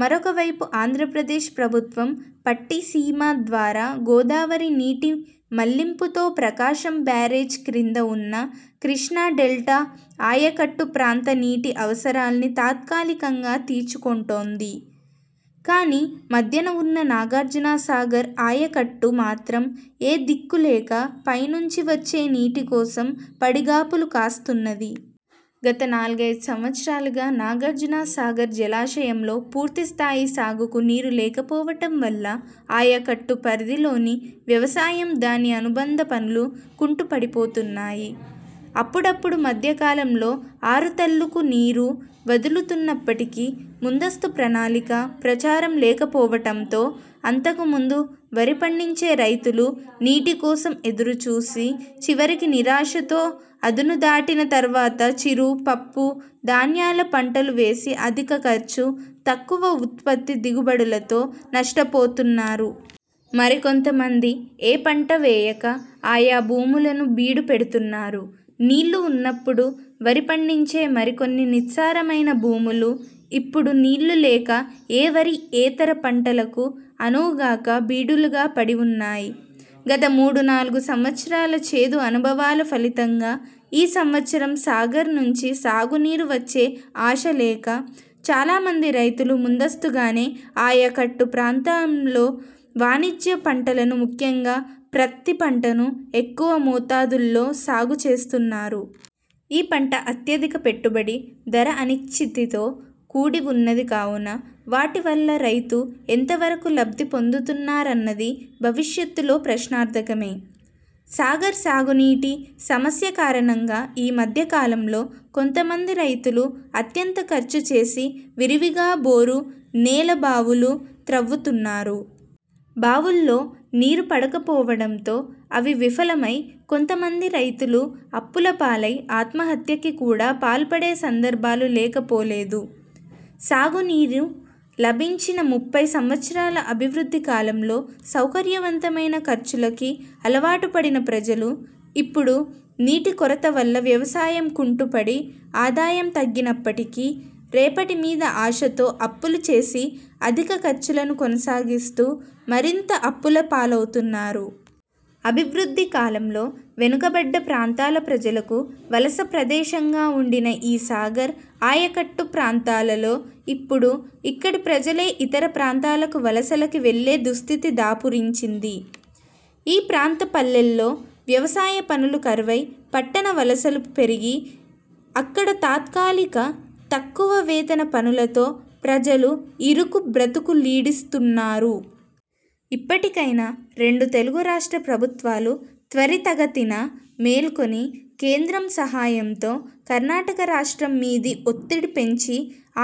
మరొకవైపు ఆంధ్ర ప్రదేశ్ ప్రభుత్వం పట్టిసీమ ద్వారా గోదావరి నీటి మళ్లింపుతో ప్రకాశం బ్యారేజ్ క్రింద ఉన్న కృష్ణా డెల్టా ఆయకట్టు ప్రాంత నీటి అవసరాల్ని తాత్కాలికంగా తీర్చుకొంటోంది. కానీ మధ్యన ఉన్న నాగార్జున సాగర్ ఆయకట్టు మాత్రం ఏ దిక్కులేక పైనుంచి వచ్చే నీటికోసం పడిగాపులు కాస్తున్నది. గత నాలుగైదు సంవత్సరాలుగా నాగార్జున సాగర్ జలాశయంలో పూర్తిస్థాయి సాగుకు నీరు లేకపోవటంవల్ల ఆయకట్టు పరిధిలోని వ్యవసాయం దాని అనుబంధ పనులు కుంటుపడిపోతున్నాయి. అప్పుడప్పుడు మధ్యకాలంలో ఆరుతళ్ళుకు నీరు వదులుతున్నప్పటికి ముందస్తు ప్రణాళిక, ప్రచారం లేకపోవటంతో, అంతకుముందు వరి పండించే రైతులు నీటి కోసం ఎదురుచూసి, చివరికి నిరాశతో అదును దాటిన తర్వాత చిరు, పప్పు ధాన్యాల పంటలు వేసి అధిక ఖర్చు, తక్కువ ఉత్పత్తి దిగుబడులతో నష్టపోతున్నారు. మరికొంతమంది ఏ పంట వేయక ఆయా భూములును బీడు పెడుతున్నారు. నీళ్ళు ఉన్నపుడు వరి పండించే మరికొన్ని నిస్సారమైన భూములు, ఇప్పుడు నీళ్ళు లేక ఏ వరి యేతర పంటలకు అనువుగాక బీడులుగా పడివున్నాయి. గత మూడు నాలుగు సంవత్సరాల చేదు అనుభవాల ఫలితంగా, ఈ సంవత్సరం సాగర్ నుంచి సాగు నీరు వచ్చే ఆశ లేక, చాలామంది రైతులు ముందస్తుగానే ఆయకట్టు ప్రాంతంలో వాణిజ్య పంటలను ముఖ్యంగా ప్రత్తి పంటను ఎక్కువ మోతాదుల్లో సాగు చేస్తున్నారు. ఈ పంట అత్యధిక పెట్టుబడి, ధర అనిశ్చితితో కూడివున్నది కావున, వాటి వల్ల రైతు ఎంత వరకు లబ్ధిపొందుతారన్నది భవిష్యత్తులో ప్రశ్నార్థకమే. సాగర్ సాగునీటి సమస్య కారణంగా ఈ మధ్య కాలంలో కొంతమంది రైతులు అత్యంత ఖర్చు చేసి విరివిగా బోరు, నేల బావులు త్రవ్వుతున్నారు. బావుల్లో నీరు పడకపోవడంతో, అవి విఫలమై, కొంతమంది రైతులు అప్పులపాలై ఆత్మహత్యకి కూడా పాల్పడే సందర్భాలు లేకపోలేదు. సాగునీరు లభించిన ముప్పై సంవత్సరాల అభివృద్ధి కాలంలో సౌకర్యవంతమైన ఖర్చులకి అలవాటుపడిన ప్రజలు, ఇప్పుడు నీటి కొరతవల్ల వ్యవసాయం కుంటుపడి, ఆదాయం తగ్గినప్పటికీ, రేపటి మీద ఆశతో అప్పులు చేసి అధిక ఖర్చులను కొనసాగిస్తూ, మరింత అప్పుల పాలవుతున్నారు. అభివృద్ధి కాలంలో, వెనుకబడ్డ ప్రాంతాల ప్రజలకు వలస ప్రదేశంగా వుండిన ఈ సాగర్ ఆయకట్టు ప్రాంతాలలో, ఇప్పుడు ఇక్కడి ప్రజలే ఇతర ప్రాంతాలకు వలసలకి వెళ్ళే దుస్థితి దాపురించింది. ఈ ప్రాంత పల్లెల్లో వ్యవసాయ పనులు కరువై పట్టణ వలసలు పెరిగి అక్కడ తాత్కాలిక, తక్కువ వేతన పనులతో ప్రజలు ఇరుకు బ్రతుకులీడుస్తున్నారు. ఇప్పటికైనా, రెండు తెలుగు రాష్ట్ర ప్రభుత్వాలు త్వరితగతిన మేల్కొని, కేంద్రం సహాయంతో కర్ణాటక రాష్ట్రం మీది ఒత్తిడి పెంచి,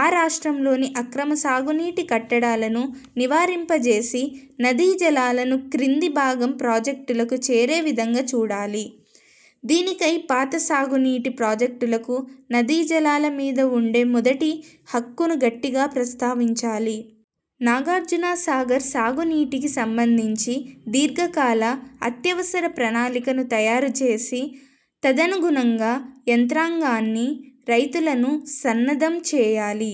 ఆ రాష్ట్రంలోని అక్రమ సాగునీటి కట్టడాలను నివారింపజేసి నదీ జలాలను క్రింది భాగం ప్రాజెక్టులకు చేరే విధంగా చూడాలి. దీనికై పాత సాగు నీటి ప్రాజెక్టులకు నదీ జలాల మీద ఉండే మొదటి హక్కును గట్టిగా ప్రస్తావించాలి. నాగార్జున సాగర్ సాగునీటికీ సంబంధించి దీర్ఘ కాల, అత్యవసర ప్రణాళికను తయారుచేసి తదనుగుణంగా యంత్రాంగాన్ని, రైతులను సన్నద్ధం చేయాలి.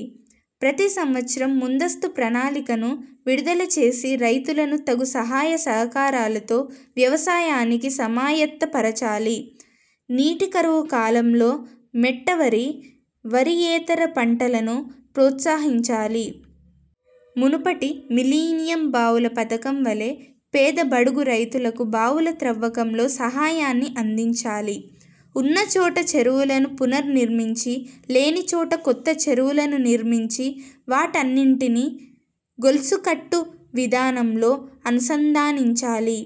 ప్రతి సంవత్సరం ముందస్తు ప్రణాళికను విడుదలచేసి రైతులను తగుసహాయ సహకారాలతో వ్యవసాయానికి సమాయత్త పరచాలి. నీటి కరువు కాలంలో మెట్ట వరి, వరి యేతర పంటలను ప్రోత్సహించాలి. మునుపటి మిలీనియం బావుల పథకం వలె పేద బడుగు రైతులకు బావుల త్రవ్వకంలో సహాయాన్ని అందించాలి. ఉన్నచోట చెరువులను పునర్ నిర్మించి లేనిచోట కొత్త చెరువులను నిర్మించి వాటన్నింటిని గొలుసుకట్టు విధానంలో అనుసంధానించాలి.